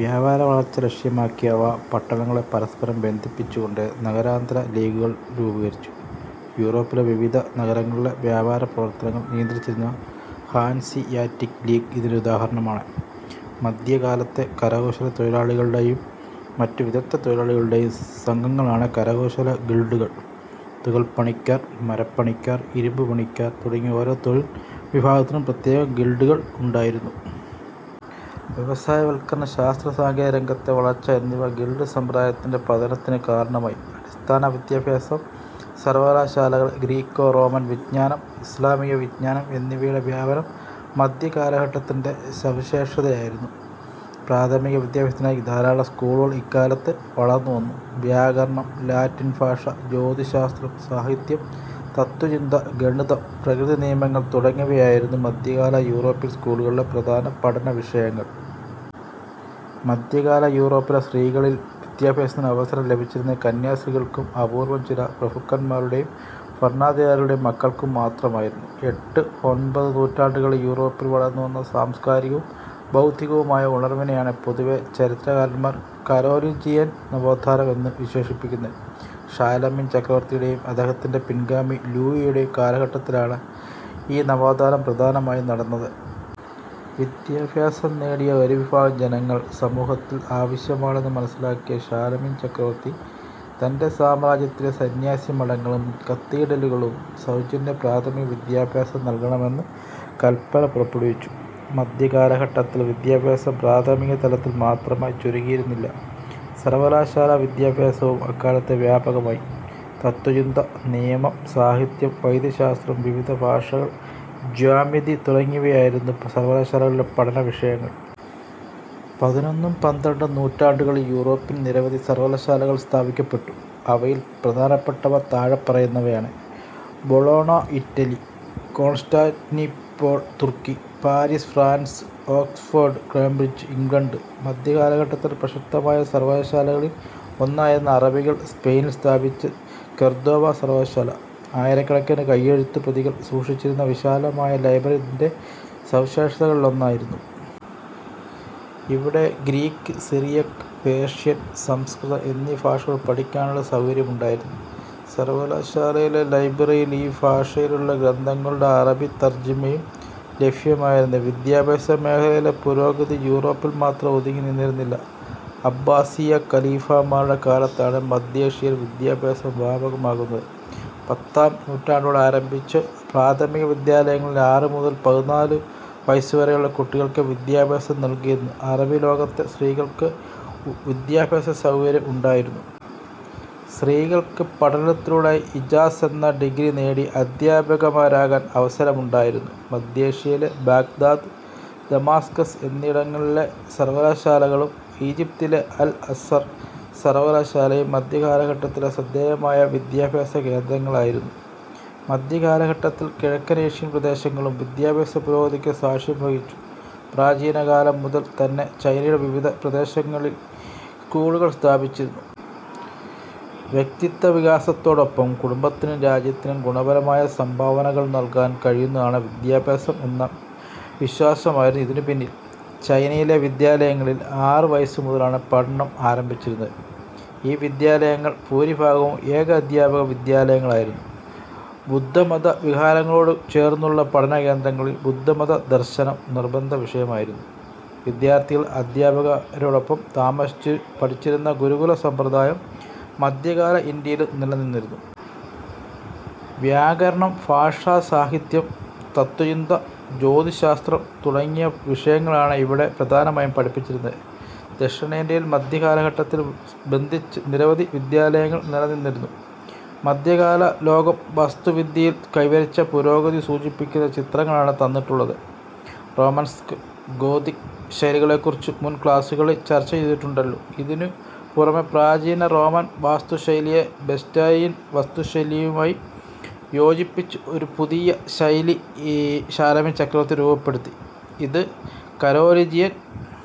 വ്യാപാര വളർച്ച ലക്ഷ്യമാക്കിയ അവ പട്ടണങ്ങളെ പരസ്പരം ബന്ധിപ്പിച്ചുകൊണ്ട് നഗരാന്തര ലീഗുകൾ രൂപീകരിച്ചു. യൂറോപ്പിലെ വിവിധ നഗരങ്ങളിലെ വ്യാപാരപ്രവർത്തനങ്ങൾ നിയന്ത്രിച്ചിരുന്ന ഹാൻസിയാറ്റിക് ലീഗ് ഇതിനൊരുദാഹരണമാണ്. മധ്യകാലത്തെ കരകൗശലത്തൊഴിലാളികളുടെയും മറ്റു വിദഗ്ധതൊഴിലാളികളുടെയും സംഘങ്ങളാണ് കരകൗശല ഗിൽഡുകൾ. തുകൽപ്പണിക്കാർ, മരപ്പണിക്കാർ, ഇരുമ്പുപണിക്കാർ തുടങ്ങി ഓരോ തൊഴിൽ വിഭാഗത്തിനും പ്രത്യേകം ഗിൽഡുകൾ ഉണ്ടായിരുന്നു. വ്യവസായവൽക്കരണം, ശാസ്ത്ര-സാങ്കേതികരംഗത്തെ വളർച്ച എന്നിവ ഗിൽഡ് സമ്പ്രദായത്തിന്റെ പതനത്തിനു കാരണമായി. അടിസ്ഥാന വിദ്യാഭ്യാസം, സർവകലാശാലകൾ, ഗ്രീക്കോ-റോമൻ വിജ്ഞാനം, ഇസ്ലാമികവിജ്ഞാനം എന്നിവയുടെ വ്യാപനം മധ്യകാലഘട്ടത്തിന്റെ സവിശേഷതയായിരുന്നു. പ്രാഥമിക വിദ്യാഭ്യാസത്തിനായി ധാരാളം സ്കൂളുകൾ ഇക്കാലത്ത് വളർന്നുവന്നു. വ്യാകരണം, ലാറ്റിൻ ഭാഷ, ജ്യോതിശ്ശാസ്ത്രം, സാഹിത്യം, തത്ത്വചിന്ത, ഗണിതം, പ്രകൃതിനിയമങ്ങൾ തുടങ്ങിയവയായിരുന്നു മധ്യകാല യൂറോപ്യൻ സ്കൂളുകളിലെ പ്രധാന പഠനവിഷയങ്ങൾ. മധ്യകാല യൂറോപ്പിലെ സ്ത്രീകളിൽ വിദ്യാഭ്യാസത്തിന് അവസരം ലഭിച്ചിരുന്നത് കന്യാസ്ത്രീകൾക്കും അപൂർവം ചില പ്രഭുക്കന്മാരുടെയും ഭരണാധികാരികളുടെയും മക്കൾക്കും മാത്രമായിരുന്നു. എട്ട്, ഒമ്പത് നൂറ്റാണ്ടുകളിൽ യൂറോപ്പിൽ വളർന്നു വന്ന സാംസ്കാരികവും ബൗദ്ധികവുമായ ഉണർവിനെയാണ് പൊതുവെ ചരിത്രകാരന്മാർ കരോലിൻജിയൻ നവോത്ഥാനം' എന്ന് വിശേഷിപ്പിക്കുന്നത്. ഷാലമീൻ ചക്രവർത്തിയുടെയും അദ്ദേഹത്തിന്റെ പിൻഗാമി ലൂയിയുടെയും കാലഘട്ടത്തിലാണ് ഈ നവോത്ഥാനം പ്രധാനമായും നടന്നത്. വിദ്യാഭ്യാസം നേടിയ ഒരു വിഭാഗം ജനങ്ങൾ സമൂഹത്തിൽ ആവശ്യമാണെന്ന് മനസിലാക്കിയ ഷാലമീൻ ചക്രവർത്തി തന്റെ സാമ്രാജ്യത്തിലെ സന്യാസി മഠങ്ങളും കത്തീഡലുകളും സൗജന്യ പ്രാഥമിക വിദ്യാഭ്യാസം നൽകണമെന്ന് കല്പന പുറപ്പെടുവിച്ചു. മധ്യകാലഘട്ടത്തിൽ വിദ്യാഭ്യാസം പ്രാഥമിക തലത്തിൽ മാത്രമായി ചുരുങ്ങിയിരുന്നില്ല. സർവകലാശാലാ വിദ്യാഭ്യാസവും അക്കാലത്ത് വ്യാപകമായി. തത്വചിന്ത, നിയമം, സാഹിത്യം, വൈദ്യശാസ്ത്രം, വിവിധ ഭാഷകൾ, ജ്യാമിതി തുടങ്ങിയവയായിരുന്നു സർവകലാശാലകളിലെ പഠന വിഷയങ്ങൾ. പതിനൊന്നും പന്ത്രണ്ടും നൂറ്റാണ്ടുകളിൽ യൂറോപ്പിൽ നിരവധി സർവകലാശാലകൾ സ്ഥാപിക്കപ്പെട്ടു. അവയിൽ പ്രധാനപ്പെട്ടവ താഴെ പറയുന്നവയാണ്. ബൊളോണ-ഇറ്റലി, കോൺസ്റ്റാന്റിനോപ്പിൾ തുർക്കി, Paris France, Oxford, Cambridge -England. മധ്യകാലഘട്ടത്തിലെ പ്രശസ്തമായ സർവകലാശാലകളിൽ ഒന്നായിരുന്നു അറബികൾ സ്പെയിനിൽ സ്ഥാപിച്ച് കൊർദോവ സർവകലാശാല. ആയിരക്കണക്കിന് കൈയെഴുത്തുപ്രതികൾ സൂക്ഷിച്ചിരുന്ന വിശാലമായ ലൈബ്രറി ഇതിന്റെ സവിശേഷതകളിലൊന്നായിരുന്നു. ഇവിടെ ഗ്രീക്ക്, സിറിയക്, പേർഷ്യൻ, സംസ്കൃതം എന്നീ ഭാഷകൾ പഠിക്കാനുള്ള സൗകര്യമുണ്ടായിരുന്നു. സർവകലാശാലയിലെ ലൈബ്രറിയിൽ ഈ ഭാഷകളിലുള്ള ഗ്രന്ഥങ്ങളുടെ അറബി തർജമയും ലഭ്യമായിരുന്നു. വിദ്യാഭ്യാസ മേഖലയിലെ പുരോഗതി യൂറോപ്പിൽ മാത്രം ഒതുങ്ങി നിന്നിരുന്നില്ല. അബ്ബാസിയാ ഖലീഫമാരുടെ കാലത്താണ് മധ്യേഷ്യയിൽ വിദ്യാഭ്യാസം വ്യാപകമാകുന്നത്. പത്താം നൂറ്റാണ്ടോടെ ആരംഭിച്ച പ്രാഥമിക വിദ്യാലയങ്ങളിൽ ആറുമുതൽ പതിനാലു വയസ്സുവരെയുള്ള കുട്ടികൾക്ക് വിദ്യാഭ്യാസം നൽകിയിരുന്നു അറബി ലോകത്ത് സ്ത്രീകൾക്ക് വിദ്യാഭ്യാസസൗകര്യം ഉണ്ടായിരുന്നു. സ്ത്രീകൾക്ക് പഠനത്തിലൂടെ ഇജാസ് എന്ന ഡിഗ്രി നേടി അധ്യാപികമാരാകാൻ അവസരമുണ്ടായിരുന്നു. മധ്യേഷ്യയിലെ ബാഗ്ദാദ്, ദമാസ്കസ് എന്നിവിടങ്ങളിലെ സർവകലാശാലകളും ഈജിപ്തിലെ അൽ അസ്ഹർ സർവകലാശാലയും മധ്യകാലഘട്ടത്തിലെ ശ്രദ്ധേയമായ വിദ്യാഭ്യാസകേന്ദ്രങ്ങളായിരുന്നു. മധ്യകാലഘട്ടത്തിൽ കിഴക്കനേഷ്യൻ പ്രദേശങ്ങളും വിദ്യാഭ്യാസപുരോഗതിക്ക് സാക്ഷ്യം വഹിച്ചു. പ്രാചീനകാലം മുതൽ തന്നെ ചൈനയുടെ വിവിധ പ്രദേശങ്ങളിൽ സ്കൂളുകൾ സ്ഥാപിച്ചിരുന്നു. വ്യക്തിത്വ വികാസത്തോടൊപ്പം കുടുംബത്തിനും രാജ്യത്തിനും ഗുണപരമായ സംഭാവനകൾ നൽകാൻ കഴിയുന്നതാണ് വിദ്യാഭ്യാസം എന്ന വിശ്വാസമായിരുന്നു ഇതിനു പിന്നിൽ. ചൈനയിലെ വിദ്യാലയങ്ങളിൽ ആറുവയസ്സുമുതലാണ് പഠനം ആരംഭിച്ചിരുന്നത്. ഈ വിദ്യാലയങ്ങൾ ഭൂരിഭാഗവും ഏകാധ്യാപക വിദ്യാലയങ്ങളായിരുന്നു. ബുദ്ധമതവിഹാരങ്ങളോടു ചേർന്നുള്ള പഠനകേന്ദ്രങ്ങളിൽ ബുദ്ധമത ദർശനം നിർബന്ധവിഷയമായിരുന്നു. വിദ്യാർഥികൾ അധ്യാപകരോടൊപ്പം താമസിച്ചു പഠിച്ചിരുന്ന ഗുരുകുലസമ്പ്രദായം മധ്യകാല ഇന്ത്യയിലും നിലനിന്നിരുന്നു. വ്യാകരണം, ഭാഷ, സാഹിത്യം, തത്ത്വചിന്ത, ജ്യോതിശ്ശാസ്ത്രം തുടങ്ങിയ വിഷയങ്ങളാണ് ഇവിടെ പ്രധാനമായും പഠിപ്പിച്ചിരുന്നത്. ദക്ഷിണേന്ത്യയിൽ മധ്യകാലഘട്ടത്തിൽ ബന്ധിച്ച് നിരവധി വിദ്യാലയങ്ങൾ നിലനിന്നിരുന്നു. മധ്യകാലലോകം വാസ്തുവിദ്യയിൽ കൈവരിച്ച പുരോഗതി സൂചിപ്പിക്കുന്ന ചിത്രങ്ങളാണ് തന്നിട്ടുള്ളത്. റോമനസ്ക്, ഗോഥിക് ശൈലികളെക്കുറിച്ച് മുൻ ക്ലാസുകളിൽ ചർച്ചചെയ്തിട്ടുണ്ടല്ലോ. ഇതിനു പുറമെ പ്രാചീന റോമൻ വാസ്തുശൈലിയെ ബൈസാന്റയിൻ വാസ്തുശൈലിയുമായി യോജിപ്പിച്ച ഒരു പുതിയ ശൈലി ഷാലമീൻ ചക്രവർത്തി രൂപപ്പെടുത്തി. ഇത് കരോലിൻജിയൻ